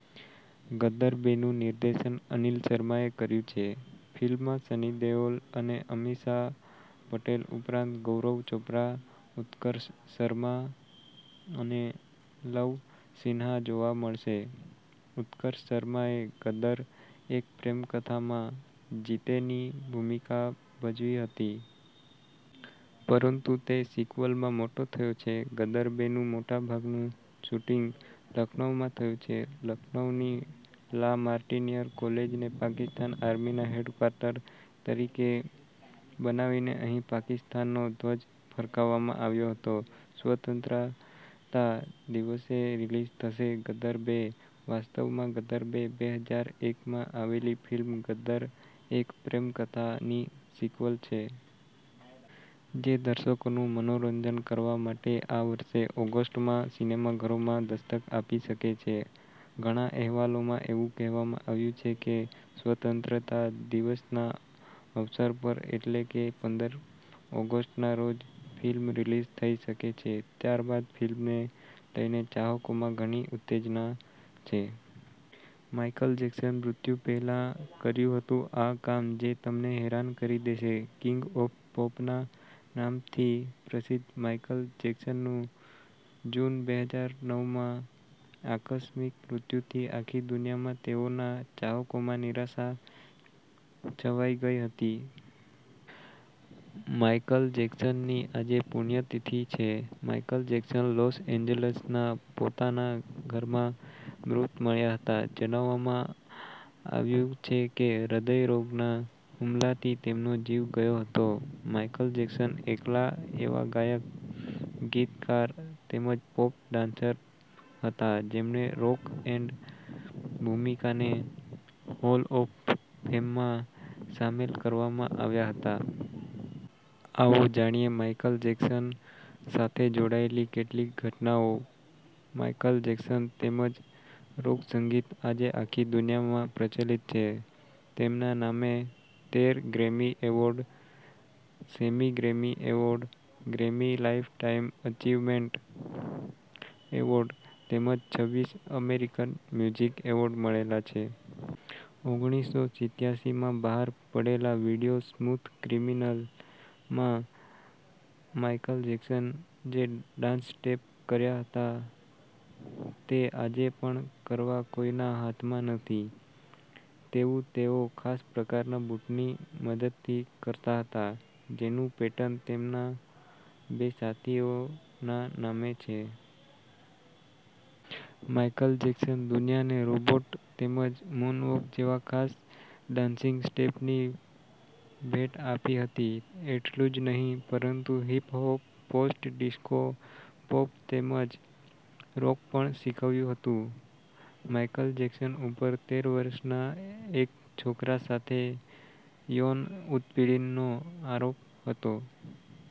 ગદર બે નું નિર્દેશન અનિલ શર્માએ કર્યું છે. ફિલ્મમાં સની દેઓલ અને અમીષા પટેલ ઉપરાંત ગૌરવ ચોપરા, ઉત્કર્ષ શર્મા અને લવ સિન્હા જોવા મળશે. ઉત્કર્ષ શર્માએ 'ગદરઃ એક પ્રેમ કથા'માં જીતેની ભૂમિકા ભજવી હતી. પરંતુ તે સિક્વલમાં મોટો થયો છે. 'ગદર બે 'નું મોટાભાગનું શૂટિંગ લખનૌમાં થયું છે. લખનૌની લા માર્ટિનીયર કોલેજને પાકિસ્તાન આર્મીના હેડક્વાર્ટર તરીકે બનાવીને અહીં પાકિસ્તાનનો ધ્વજ ફરકાવવામાં આવ્યો હતો. સ્વતંત્રાતા દિવસે રિલીઝ થશે 'ગદર બે' વાસ્તવમાં 'ગદર બે ' બે હજાર એક માં આવેલી ફિલ્મ 'ગદરઃ એક પ્રેમ કથા'ની સિક્વલ છે. જે દર્શકોનું મનોરંજન કરવા માટે આ વર્ષે ઓગસ્ટમાં સિનેમાઘરોમાં દસ્તક આપી શકે છે. ઘણા અહેવાલોમાં એવું કહેવામાં આવ્યું છે કે સ્વતંત્રતા દિવસના અવસર પર એટલે કે પંદર ઓગસ્ટ ના રોજ, ફિલ્મ રિલીઝ થઈ શકે છે, ત્યારબાદ ફિલ્મને લઈને ચાહકોમાં ઘની ઉત્તેજના છે. માઇકલ જેકસન મૃત્યુ પહેલા કર્યું હતું આ કામ જે તમને હેરાન કરી દેહે. કિંગ ઓફ પોપ ના નામથી પ્રસિદ્ધ માઇકલ જેક્સન નું, જૂન બે હજાર નવ માં આકસ્મિક મૃત્યુથી આખી દુનિયામાં તેઓના ચાહકોમાં નિરાશા છવાઈ ગઈ હતી. માઇકલ જેકસન ની આજે પુણ્યતિથિ છે. માઇકલ જેકસન લોસ એન્જલસના પોતાના ઘરમાં મૃત મળ્યા હતા. જનાવવામાં આવ્યું છે કે હૃદયરોગના હુમલાથી તેમનો જીવ ગયો હતો. માઇકલ જેકસન એકલા એવા ગાયક, ગીતકાર, તેમજ પોપ ડાન્સર હતા જેમને રોક એન્ડ ભૂમિકાને હોલ ઓફ ફેમમાં સામેલ કરવામાં આવ્યા હતા. આવો જાણીએ માયકલ જેકસન સાથે જોડાયેલી કેટલીક ઘટનાઓ માઇકલ જેકસન, તેમજ રોક સંગીત આજે આખી દુનિયામાં પ્રચલિત છે. તેમના નામે તેર ગ્રેમી એવોર્ડ, સેમી Grammy award, Grammy lifetime achievement award તેમજ છવીસ અમેરિકન મ્યુઝિક એવોર્ડ મળેલા છે. ઓગણીસો સિત્યાસીમાં બહાર પડેલા વિડિયો સ્મૂથ ક્રિમીનલ માં માઇકલ જેકસન જે ડાન્સ સ્ટેપ કર્યા હતા તે આજે પણ કરવા કોઈના હાથમાં નથી. તેવું તેઓ ખાસ પ્રકારના બુટ ની મદદથી કરતા હતા. જેનું પેટન તેમના બે સાથીઓ ના નામે છે. માઇકલ જેકસન દુનિયાને રોબોટ તેમજ મુન-વોક જેવા ખાસ ડાન્સિંગ સ્ટેપ ની ભેટ આપી હતી. એટલું જ નહીં પરંતુ હિપહોપ, પોસ્ટ ડિસ્કો, પોપ તેમજ રોક પણ શીખવ્યું હતું. માઇકલ જેક્સન ઉપર તેર વરસના એક છોકરા સાથે યોન ઉત્પીડનનો આરોપ હતો.